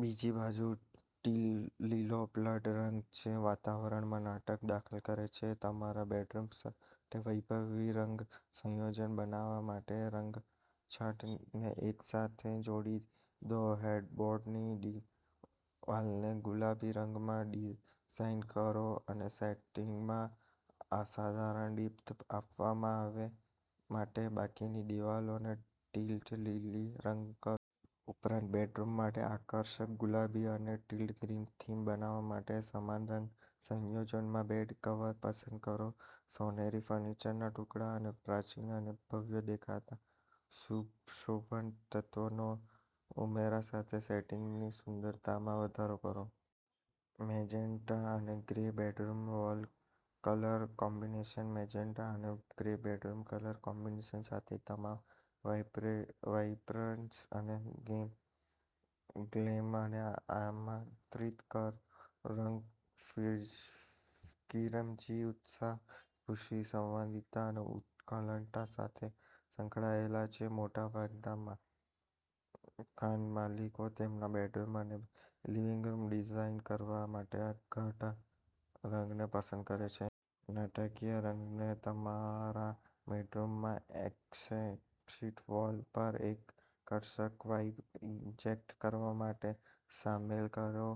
બીજી બાજુ, ટીલ લીલો બોલ્ડ રંગ છે જે વાતાવરણમાં નાટક દાખલ કરે છે. તમારા બેડરૂમ માટે વૈભવી રંગ સંયોજન બનાવવા માટે રંગછટાને એકસાથે જોડી દો. હેડબોર્ડની દિવાલને ગુલાબી રંગમાં ડિઝાઇન કરો અને સેટિંગમાં અસાધારણ દીપ્તિ આપવા માટે બાકીની દિવાલને ટીલ લીલી રંગ કરો. ઉપરાંત, બેડરૂમ માટે આકર્ષક ગુલાબી અને ટીલ ગ્રીન થીમ બનાવવા માટે સમાન રંગ સંયોજનમાં બેડ કવર પસંદ કરો. સોનેરી ફર્નિચરના ટુકડા અને પ્રાચીન અને ભવ્ય દેખાતા સુશોભન તત્વોના ઉમેરા સાથે સેટિંગની સુંદરતામાં વધારો કરો. મેજેન્ટા અને grey bedroom wall colour combination. Magenta અને ગ્રે બેડરૂમ કલર કોમ્બિનેશન સાથે તમામ વાઇબ્રેટ વાઇબ્રન્સ અને ગ્લેમને આમંત્રિત કરો રંગ "કિરમજી" ઉત્સાહ, ખુશી, સંવાદિતા અને ઉત્કટતા સાથે સંકળાયેલ છે. મોટાભાગના મકા મકાનમાલિકો તેમના બેડરૂમ અને લિવિંગ રૂમ ડિઝાઇન કરવા માટે ઘાટા રંગને પસંદ કરે છે. નાટકીય રંગને તમારા બેડરૂમમાં એક્સેન્ટ વોલ પર એક આકર્ષક વાઇબ ઇન્જેક્ટ કરવા માટે સામેલ કરો.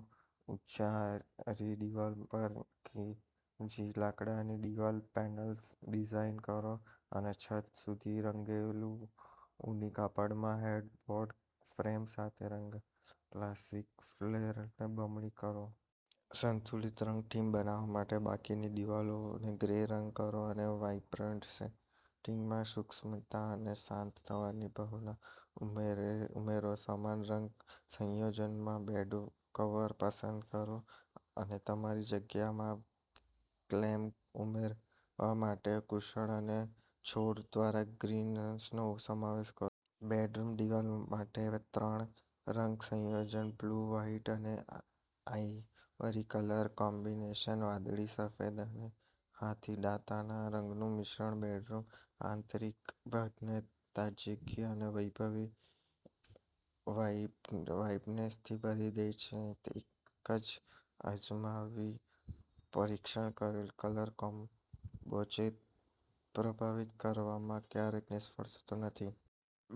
ઉચ્ચારની દિવાલ પર કિરમજી લાકડાની દિવાલ પેનલ્સ ડિઝાઇન કરો અને છત સુધી રંગેલું ઊની કાપડમાં હેડબોર્ડ ફ્રેમ સાથે રંગના ક્લાસિક ફ્લેરને બમણું કરો. સંતુલિત રંગ થીમ બનાવવા માટે બાકીની દિવાલોને ગ્રે રંગ કરો અને વાઇબ્રન્ટ સેટિંગમાં સૂક્ષ્મતા અને શાંત થવાની ભાવના ઉમેરો. સમાન રંગ સંયોજનમાં બેડકવર પસંદ કરો અને તમારી જગ્યામાં ગ્લેમ ઉમેરવા માટે કુશન અને છોડ દ્વારા ગ્રીન્સનો સમાવેશ કરો. બેડરૂમ દિવાલો માટે ત્રણ રંગ સંયોજન બ્લુ, વ્હાઇટ અને આઇવરી કલર કોમ્બિનેશન વાદળી, સફેદ અને હાથીદાંતાના રંગનું મિશ્રણ બેડરૂમના આંતરિક ભાગને તાજગી અને વૈભવી વાઇબ વાઇબ્સથી ભરી દે છે તે એક અજમાવી-પરીક્ષણ કરેલ કલર કોમ્બો છે જે પ્રભાવિત કરવામાં ક્યારેય નિષ્ફળ થતો નથી!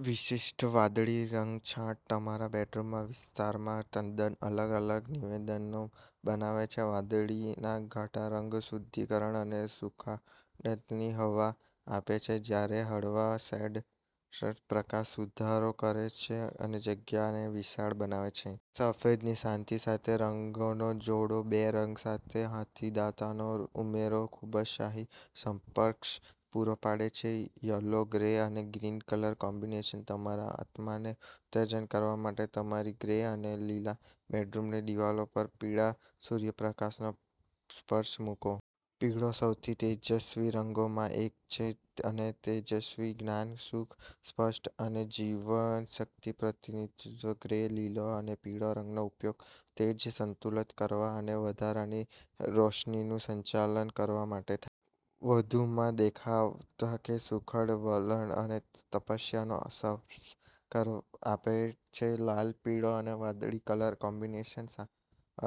વિશિષ્ટ વાદળી રંગછટા તમારા બેડરૂમ વિસ્તારમાં તદ્દન અલગ અલગ નિવેદનો બનાવે છે. વાદળીના ઘાટા રંગો શુદ્ધિકરણ અને સુઘડતાની હવા આપે છે, જ્યારે હળવા શેડ્સ પ્રકાશમાં સુધારો કરે છે અને જગ્યાને વિશાળ બનાવે છે. સફેદની શાંતિ સાથે રંગોને જોડો. બે રંગો સાથે હાથીદાંતનો ઉમેરો ખૂબશાહી સ્પર્શ પૂરો પાડે છે. યલો, ગ્રે અને ગ્રીન કલર કોમ્બિનેશન તમારા આત્માને ઉત્તેજીત કરવા માટે તમારી ગ્રે અને લીલા બેડરૂમની દિવાલો પર પીળા સૂર્યપ્રકાશનો સ્પર્શ મૂકો. પીળોસૌથી તેજસ્વી રંગોમાંનો એક છે અને તે તેજસ્વી, જ્ઞાન, સુખ, સ્પષ્ટતા અને જીવનશક્તિનું પ્રતિનિધિત્વ ગ્રે, લીલો અને પીળો રંગનો ઉપયોગ તેજને સંતુલિત કરવા અને વધારાની રોશનીનું સંચાલન કરવા માટે થાય છે. વધુમાં, તે દેખાવને સુઘડ લાવણ્ય અને તપસ્યાનો સ્પર્શ આપે છે. લાલ, પીળો અને વાદળી કલર કોમ્બિનેશન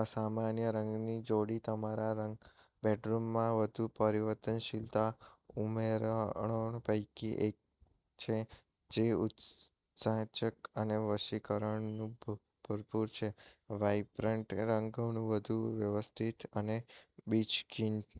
અસામાન્ય રંગની જોડી તમારા રંગીન બેડરૂમમાં વધુ પરિવર્તનશીલ ઉમેરણો પૈકી એક છે, જે ઉત્સુકતા અને વશીકરણથી ભરપૂર છે. વાઇબ્રન્ટ રંગો વધુ વ્યવસ્થિત અને બિન-ગીચ